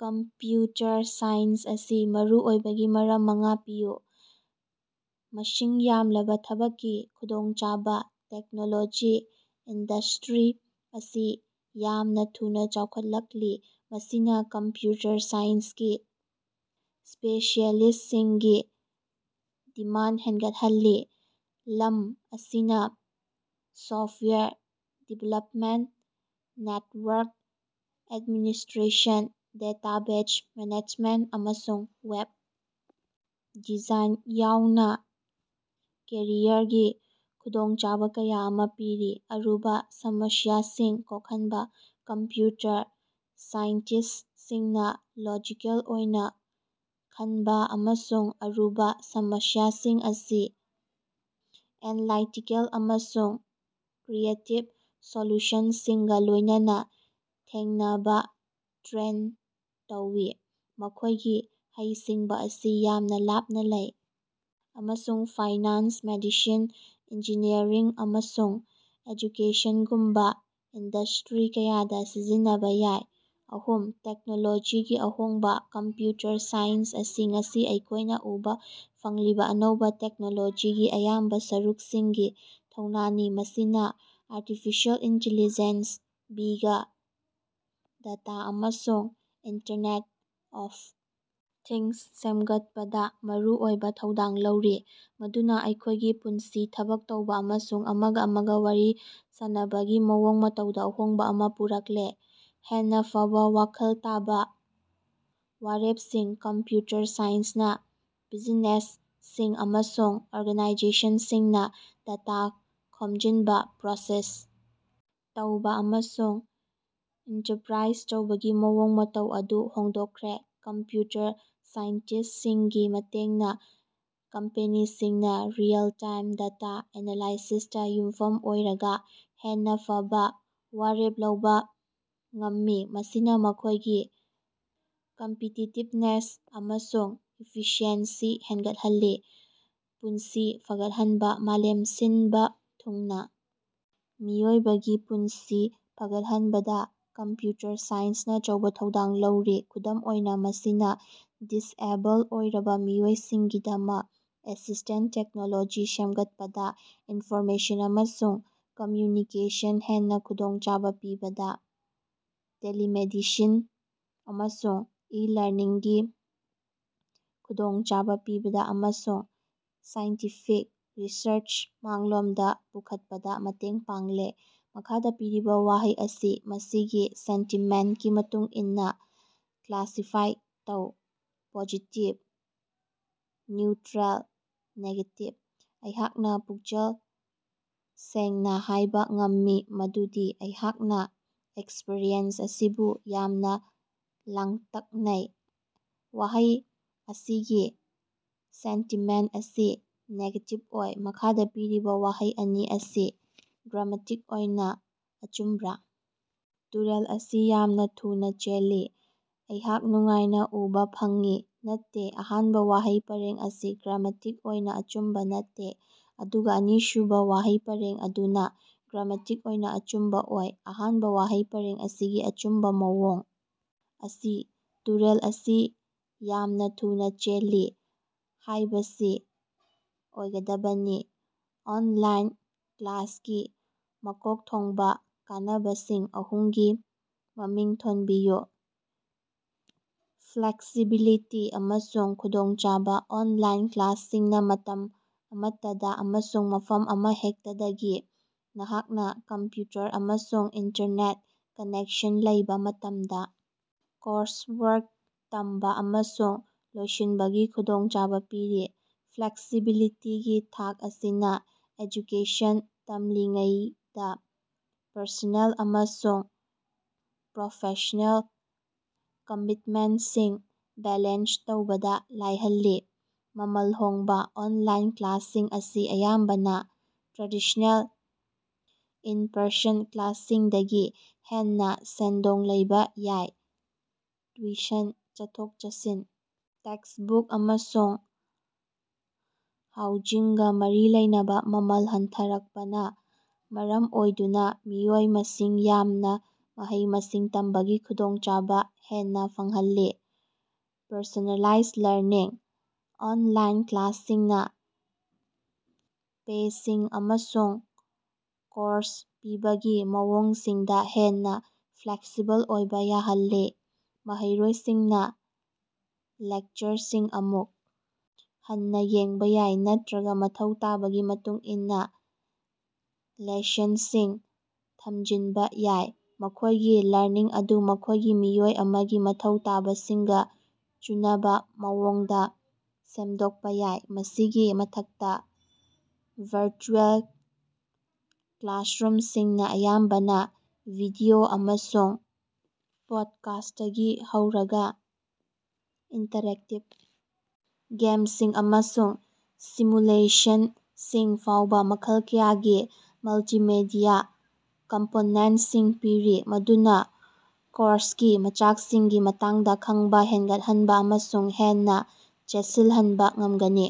Computer science ꯑꯁꯤ ꯃꯔꯨꯑꯣꯏꯕꯒꯤ ꯃꯔꯝ ꯃꯉꯥ ꯄꯤꯌꯨ꯫ ꯃꯁꯤꯡ ꯌꯥꯝꯂꯕ ꯊꯕꯛꯀꯤ ꯈꯨꯗꯣꯡꯆꯥꯕ- ꯇꯦꯛꯅꯣꯂꯣꯖꯤ ꯏꯟꯗꯁ꯭ꯠꯔꯤ ꯑꯁꯤ ꯌꯥꯝꯅ ꯊꯨꯅꯥ ꯆꯥꯎꯈꯠꯂꯛꯂꯤ, ꯃꯁꯤꯅ ꯀꯝꯄꯌꯨꯇꯔ ꯁꯥꯏꯟꯁꯀꯤ ꯁ꯭ꯄꯦꯁꯤꯑꯦꯂꯤꯁ꯭ꯇꯁꯤꯡꯒꯤ ꯗꯤꯃꯥꯟꯗ ꯍꯦꯒꯠꯍꯜꯂꯤ꯫ ꯂꯝ ꯑꯁꯤꯅ software development, network administration, database management, ꯑꯃꯁꯨꯡ ꯋꯦꯕ ꯗꯤꯖꯥꯏꯟ ꯌꯥꯎꯅꯥ ꯀꯦꯔꯤꯌꯔꯒꯤ ꯈꯨꯗꯣꯡꯆꯥꯕ ꯀꯌꯥ ꯑꯃ ꯄꯤꯔꯤ꯫ ꯑꯔꯨꯕꯥ ꯁꯃꯁꯤꯌꯥꯁꯤꯡ ꯀꯣꯛꯍꯟꯕꯥ- ꯀꯝꯄꯌꯨꯇꯔ ꯁꯥꯏꯟꯇꯤꯁ꯭ꯇꯁꯤꯡꯅ ꯂꯣꯖꯤꯀꯦꯜ ꯑꯣꯏꯅ ꯈꯟꯕꯥ ꯑꯃꯁꯨꯡ ꯑꯔꯨꯕꯥ ꯁꯃꯁꯤꯌꯥꯁꯤꯡ ꯑꯁꯤ ꯑꯦꯟꯂꯥꯏꯇꯤꯀꯦꯜ ꯑꯃꯁꯨꯡ ꯀ꯭ꯔꯤꯌꯦꯇꯤꯕ ꯁꯣꯂꯨꯁꯟꯁꯤꯡꯒꯥ ꯂꯣꯏꯅꯅꯥ ꯊꯦꯡꯅꯅꯕꯥ ꯇ꯭ꯔꯦꯟ ꯇꯧꯏ꯫ ꯃꯈꯣꯏꯒꯤ ꯍꯩꯁꯤꯡꯕꯥ ꯑꯁꯤ ꯌꯥꯝꯅ ꯂꯥꯞꯅ ꯂꯩ ꯑꯃꯁꯨꯡ ꯐꯥꯏꯅꯥꯟꯁ, ꯃꯦꯗꯤꯁꯤꯟ, ꯏꯟꯖꯤꯅꯤꯌꯔꯤꯡ, ꯑꯃꯁꯨꯡ ꯑꯦꯖꯨꯀꯦꯁꯟꯒꯨꯝꯕꯥ ꯏꯟꯗꯁ꯭ꯇꯔꯤ ꯀꯌꯥꯗ ꯁꯤꯖꯤꯟꯅꯕꯥ ꯌꯥꯏ꯫ ꯑꯍꯨꯝ) ꯇꯦꯛꯅꯣꯂꯣꯖꯤꯒꯤ ꯑꯍꯣꯡꯕꯥ- ꯀꯝꯄꯌꯨꯇꯔ ꯁꯥꯏꯟꯁ ꯑꯁꯤ ꯉꯁꯤ ꯑꯩꯈꯣꯏꯅꯥ ꯎꯕꯥ ꯐꯪꯂꯤꯕꯥ ꯑꯅꯧꯕꯥ ꯇꯦꯛꯅꯣꯂꯣꯖꯤꯒꯤ ꯑꯌꯥꯝꯕ ꯁꯔꯨꯛꯁꯤꯡꯒꯤ ꯊꯧꯅꯥꯅꯤ꯫ ꯃꯁꯤꯅ ꯑꯥꯔꯇꯤꯐꯤꯁꯤꯑꯦꯜ ꯏꯟꯇꯤꯂꯤꯖꯦꯟꯁ, ꯕꯤꯒ ꯗꯇꯥ ꯑꯃꯁꯨꯡ ꯏꯟꯇꯔꯅꯦꯠ ꯑꯣꯐ ꯊꯤꯡꯁ ꯁꯦꯝꯒꯠꯄꯗꯥ ꯃꯔꯨꯑꯣꯏꯕ ꯊꯧꯗꯥꯡ ꯂꯧꯔꯤ, ꯃꯗꯨꯅꯥ ꯑꯩꯈꯣꯏꯒꯤ ꯄꯨꯟꯁꯤ, ꯊꯕꯛ ꯇꯧꯕ ꯑꯃꯁꯨꯡ ꯑꯃꯒ ꯑꯃꯒ ꯋꯥꯔꯤ ꯁꯥꯅꯕꯒꯤ ꯃꯑꯣꯡ ꯃꯇꯧꯗ ꯑꯍꯣꯡꯕꯥ ꯑꯃ ꯄꯨꯔꯛꯂꯦ꯫ ꯍꯦꯟꯅꯥ ꯐꯕꯥ ꯋꯥꯈꯜ ꯇꯥꯕ ꯋꯥꯔꯦꯞꯁꯤꯡ- ꯀꯝꯄꯌꯨꯇꯔ ꯁꯥꯏꯟꯁꯅꯥ ꯕꯤꯖꯤꯅꯦꯁꯁꯤꯡ ꯑꯃꯁꯨꯡ ꯑꯣꯔꯒꯅꯥꯏꯖꯦꯁꯟꯁꯤꯡꯅ ꯗꯇꯥ ꯈꯣꯝꯖꯤꯟꯕꯥ, ꯄ꯭ꯔꯣꯁꯦꯁ ꯇꯧꯕ ꯑꯃꯁꯨꯡ ꯏꯟꯇꯔꯄꯔꯥꯏꯖ ꯇꯧꯕꯒꯤ ꯃꯑꯣꯡ ꯃꯇꯧ ꯑꯗꯨ ꯍꯣꯡꯗꯣꯛꯈ꯭ꯔꯦ꯫ ꯀꯝꯄꯌꯨꯇꯔ ꯁꯥꯏꯟꯇꯤꯁ꯭ꯇꯁꯤꯡꯒꯤ ꯃꯇꯦꯡꯅꯥ ꯀꯝꯄꯦꯅꯤꯁꯤꯡꯅꯥ ꯔꯤꯑꯦꯜ-ꯇꯥꯏꯝ ꯗꯇꯥ ꯑꯦꯅꯥꯂꯥꯏꯁꯤꯁꯇꯥ ꯌꯨꯝꯐꯝ ꯑꯣꯏꯔꯒꯥ ꯍꯦꯟꯅꯥ ꯐꯕꯥ ꯋꯥꯔꯦꯞ ꯂꯧꯕ ꯉꯝꯃꯤ, ꯃꯁꯤꯅ ꯃꯈꯣꯏꯒꯤ ꯀꯝꯄꯤꯇꯤꯇꯤꯕꯅꯦꯁ ꯑꯃꯁꯨꯡ ꯏꯐꯤꯁꯤꯑꯦꯟꯁꯤ ꯍꯦꯒꯠꯍꯜꯂꯤ꯫ ꯄꯨꯟꯁꯤ ꯐꯒꯠꯍꯟꯕꯥ- ꯃꯥꯂꯦꯝ ꯁꯤꯟꯕꯥ ꯊꯨꯡꯅꯥ ꯃꯤꯑꯣꯏꯕꯒꯤ ꯄꯨꯟꯁꯤ ꯐꯒꯠꯍꯟꯕꯗꯥ ꯀꯝꯄꯌꯨꯇꯔ ꯁꯥꯏꯟꯁꯅꯥ ꯑꯆꯧꯕꯥ ꯊꯧꯗꯥꯡ ꯂꯧꯔꯤ꯫ ꯈꯨꯗꯝ ꯑꯣꯏꯅ, ꯃꯁꯤꯅ ꯗꯤꯁꯑꯦꯕꯜ ꯑꯣꯏꯔꯕ ꯃꯤꯑꯣꯏꯁꯤꯡꯒꯤꯗꯃꯛ ꯑꯦꯁꯤꯁ꯭ꯇꯦꯟꯇ ꯇꯦꯛꯅꯣꯂꯣꯖꯤ ꯁꯦꯝꯒꯠꯄꯗꯥ, ꯏꯟꯐꯣꯔꯃꯦꯁꯟ ꯑꯃꯁꯨꯡ ꯀꯝꯃꯌꯨꯅꯤꯀꯦꯁꯟ ꯍꯦꯟꯅ ꯈꯨꯗꯣꯡꯆꯥꯕ ꯄꯤꯕꯗ, ꯇꯦꯂꯤꯃꯦꯗꯤꯁꯤꯟ ꯑꯃꯁꯨꯡ ꯏ-ꯂꯔꯅꯤꯡꯒꯤ ꯈꯨꯗꯣꯡꯆꯥꯕ ꯄꯤꯕꯗꯥ, ꯑꯃꯁꯨꯡ ꯁꯥꯏꯟꯇꯤꯐꯤꯛ ꯔꯤꯁꯔꯆ ꯃꯥꯡꯂꯣꯝꯗꯥ ꯄꯨꯈꯠꯄꯗꯥ ꯃꯇꯦꯡ ꯄꯥꯡꯂꯦ꯫ ꯃꯈꯥꯗ ꯄꯤꯔꯤꯕꯥ ꯋꯥꯍꯩ ꯑꯁꯤ ꯃꯁꯤꯒꯤ ꯁꯦꯟꯇꯤꯃꯦꯟꯇꯀꯤ ꯃꯇꯨꯡ ꯏꯟꯅꯥ ꯀ꯭ꯂꯥꯁꯤꯐꯥꯏ ꯇꯧ (ꯄꯣꯖꯤꯇꯤꯕ, ꯅ꯭ꯌꯨꯠꯔꯤꯜ, ꯅꯦꯒꯦꯇꯤꯕ)꯫ ꯑꯩꯍꯥꯛꯅꯥ ꯄꯨꯛꯆꯦꯜ ꯁꯦꯡꯅꯥ ꯍꯥꯏꯕꯥ ꯉꯝꯃꯤ ꯃꯗꯨꯗꯤ ꯑꯩꯍꯥꯛꯅꯥ ꯑꯦꯛꯁꯄꯔꯤꯌꯦꯟꯁ ꯑꯁꯤꯕꯨ ꯌꯥꯝꯅ ꯂꯥꯡꯇꯛꯅꯩ꯫ ꯋꯥꯍꯩ ꯑꯁꯤꯒꯤ ꯁꯦꯟꯇꯤꯃꯦꯟꯇ ꯑꯁꯤ ꯅꯦꯒꯦꯇꯤꯕ ꯑꯣꯏ꯫ ꯃꯈꯥꯗ ꯄꯤꯔꯤꯕꯥ ꯋꯥꯍꯩ ꯑꯅꯤ ꯑꯁꯤ ꯒ꯭ꯔꯥꯃꯦꯇꯤꯛ ꯑꯣꯏꯅ ꯑꯆꯨꯝꯕꯔꯥ? ꯇꯨꯔꯦꯜ ꯑꯁꯤ ꯌꯥꯝꯅ ꯊꯨꯅꯥ ꯆꯦꯜꯂꯤ꯫ ꯃꯍꯥꯛ ꯅꯨꯡꯉꯥꯏꯅ ꯎꯕꯥ ꯐꯪꯏ꯫ ꯅꯠꯇꯦ, ꯑꯍꯥꯟꯕ ꯋꯥꯍꯩ ꯄꯔꯦꯡ ꯑꯁꯤ ꯒ꯭ꯔꯥꯃꯦꯇꯤꯛ ꯑꯣꯏꯅ ꯑꯆꯨꯝꯕꯥ ꯅꯠꯇꯦ, ꯑꯗꯨꯒ ꯑꯅꯤꯁꯨꯕꯥ ꯋꯥꯍꯩ ꯄꯔꯦꯡ ꯑꯗꯨꯅ ꯒ꯭ꯔꯥꯃꯦꯇꯤꯛ ꯑꯣꯏꯅ ꯑꯆꯨꯝꯕꯥ ꯑꯣꯏ꯫ ꯑꯍꯥꯟꯕ ꯋꯥꯍꯩ ꯄꯔꯦꯡ ꯑꯁꯤꯒꯤ ꯑꯆꯨꯝꯕ ꯃꯑꯣꯡ ꯑꯁꯤ ꯇꯨꯔꯦꯜ ꯑꯁꯤ ꯌꯥꯝꯅꯥ ꯊꯨꯅꯥ ꯆꯦꯜꯂꯤ" ꯍꯥꯏꯕꯁꯤ ꯑꯣꯏꯒꯗꯕꯅꯤ꯫ ꯑꯣꯟꯂꯥꯏꯟ ꯀ꯭ꯂꯥꯁꯀꯤ ꯃꯀꯣꯛ ꯊꯣꯡꯕꯥ ꯀꯥꯟꯅꯕꯁꯤꯡ ꯑꯍꯨꯝꯒꯤ ꯃꯃꯤꯡ ꯊꯣꯟꯕꯤꯌꯨ꯫ ꯐ꯭ꯂꯦꯛꯁꯤꯕꯤꯂꯤꯇꯤ ꯑꯃꯁꯨꯡ ꯈꯨꯗꯣꯡꯆꯥꯕ: ꯑꯣꯟꯂꯥꯏꯟ ꯀ꯭ꯂꯥꯁꯁꯤꯡꯅꯥ ꯃꯇꯝ ꯑꯃꯠꯇꯗꯥ ꯑꯃꯁꯨꯡ ꯃꯐꯝ ꯑꯃꯍꯦꯛꯇꯗꯒꯤ, ꯅꯍꯥꯛꯅꯥ ꯀꯝꯄꯌꯨꯇꯔ ꯑꯃꯁꯨꯡ ꯏꯟꯇꯔꯅꯦꯠ ꯀꯅꯦꯛꯁꯟ ꯂꯩꯕ ꯃꯇꯝꯗꯥ, ꯀꯣꯔꯁꯋꯥꯔꯛ ꯇꯝꯕꯥ ꯑꯃꯁꯨꯡ ꯂꯣꯏꯁꯤꯟꯕꯒꯤ ꯈꯨꯗꯣꯡꯆꯥꯕ ꯄꯤꯔꯤ꯫ ꯐ꯭ꯂꯦꯛꯁꯤꯕꯤꯂꯤꯇꯤꯒꯤ ꯊꯥꯛ ꯑꯁꯤꯅ ꯑꯦꯖꯨꯀꯦꯁꯟ ꯇꯝꯂꯤꯉꯩꯗ ꯄꯔꯁꯣꯅꯦꯜ ꯑꯃꯁꯨꯡ ꯄ꯭ꯔꯣꯐꯦꯁ꯭ꯅꯦꯜ ꯀꯃꯤꯠꯃꯦꯟꯇꯁꯤꯡ ꯕꯦꯂꯦꯟꯁ ꯇꯧꯕꯗ ꯂꯥꯏꯍꯜꯂꯤ꯫ ꯃꯃꯜ ꯍꯣꯡꯕꯥ: ꯑꯣꯟꯂꯥꯏꯟ ꯀ꯭ꯂꯥꯁꯁꯤꯡ ꯑꯁꯤ ꯑꯌꯥꯝꯕꯅꯥ ꯇ꯭ꯔꯦꯗꯤꯁ꯭ꯅꯦꯜ ꯏꯟ-ꯄꯔꯁꯟ ꯀ꯭ꯂꯥꯁꯁꯤꯡꯗꯒꯤ ꯍꯦꯟꯅꯥ ꯁꯦꯟꯗꯣꯡ ꯂꯩꯕ ꯌꯥꯏ꯫ ꯇꯤꯎꯁꯟ, ꯆꯠꯊꯣꯛ-ꯆꯠꯁꯤꯟ, ꯇꯦꯛꯁꯕꯨꯛ, ꯑꯃꯁꯨꯡ ꯍꯥꯎꯖꯤꯡꯒꯥ ꯃꯔꯤ ꯂꯩꯅꯕꯥ ꯃꯃꯜ ꯍꯟꯊꯔꯛꯄꯅ ꯃꯔꯝ ꯑꯣꯏꯗꯨꯅꯥ ꯃꯤꯑꯣꯏ ꯃꯁꯤꯡ ꯌꯥꯝꯅꯥ ꯃꯍꯩ-ꯃꯁꯤꯡ ꯇꯝꯕꯒꯤ ꯈꯨꯗꯣꯡꯆꯥꯕ ꯍꯦꯟꯅꯥ ꯐꯪꯍꯜꯂꯤ꯫ ꯄꯔꯁꯣꯅꯦꯂꯥꯏꯖ ꯂꯔꯅꯤꯡ: ꯑꯣꯅꯂꯥꯏꯟ ꯀ꯭ꯂꯥꯁꯁꯤꯡꯅꯥ ꯄꯦꯁꯤꯡ ꯑꯃꯁꯨꯡ ꯀꯣꯔꯁ ꯄꯤꯕꯒꯤ ꯃꯑꯣꯡꯁꯤꯡꯗꯥ ꯍꯦꯟꯅꯥ ꯐ꯭ꯂꯦꯛꯁꯤꯕꯜ ꯑꯣꯏꯕꯥ ꯌꯥꯍꯜꯂꯤ꯫ ꯃꯍꯩꯔꯣꯏꯁꯤꯡꯅꯥ ꯂꯦꯛꯆꯔꯁꯤꯡ ꯑꯃꯨꯛ ꯍꯟꯅꯥ ꯌꯦꯡꯕꯥ ꯌꯥꯏ ꯅꯠꯇꯔꯒ ꯃꯊꯧ ꯇꯥꯕꯒꯤ ꯃꯇꯨꯡ ꯏꯟꯅꯥ ꯂꯦꯁꯟꯁꯤꯡ ꯊꯝꯖꯤꯟꯕꯥ ꯌꯥꯏ, ꯃꯈꯣꯏꯒꯤ ꯂꯔꯅꯤꯡ ꯑꯗꯨ ꯃꯈꯣꯏꯒꯤ ꯃꯤꯑꯣꯏ ꯑꯃꯒꯤ ꯃꯊꯧ ꯇꯥꯕꯁꯤꯡꯒꯥ ꯆꯨꯅꯕꯥ ꯃꯑꯣꯡꯗ ꯁꯦꯝꯗꯣꯛꯄ ꯌꯥꯏ꯫ ꯃꯁꯤꯒꯤ ꯃꯊꯛꯇꯥ, ꯚꯔꯆꯨꯑꯦꯜ ꯀ꯭ꯂꯥꯁꯔꯨꯝꯁꯤꯡꯅꯥ ꯑꯌꯥꯝꯕꯅ ꯚꯤꯗꯤꯑꯣ ꯑꯃꯁꯨꯡ ꯄꯣꯗꯀꯥꯁ꯭ꯇꯇꯒꯤ ꯍꯧꯔꯒꯥ ꯏꯟꯇꯔꯦꯛꯇꯤꯕ ꯒꯦꯝꯁꯤꯡ ꯑꯃꯁꯨꯡ ꯁꯤꯃꯨꯂꯦꯁꯟꯁꯤꯡ ꯐꯥꯎꯕ ꯃꯈꯜ ꯀꯌꯥꯒꯤ ꯃꯜꯇꯤꯃꯦꯗꯤꯌꯥ ꯀꯝꯄꯣꯅꯦꯟꯇꯁꯤꯡ ꯄꯤꯔꯤ, ꯃꯗꯨꯅꯥ ꯀꯣꯔꯁꯀꯤ ꯃꯆꯥꯛꯁꯤꯡꯒꯤ ꯃꯇꯥꯡꯗ ꯈꯪꯕꯥ ꯍꯦꯒꯠꯍꯟꯕꯥ ꯑꯃꯁꯨꯡ ꯍꯦꯟꯅꯥ ꯆꯦꯠꯁꯤꯜꯍꯟꯕꯥ ꯉꯝꯒꯅꯤ꯫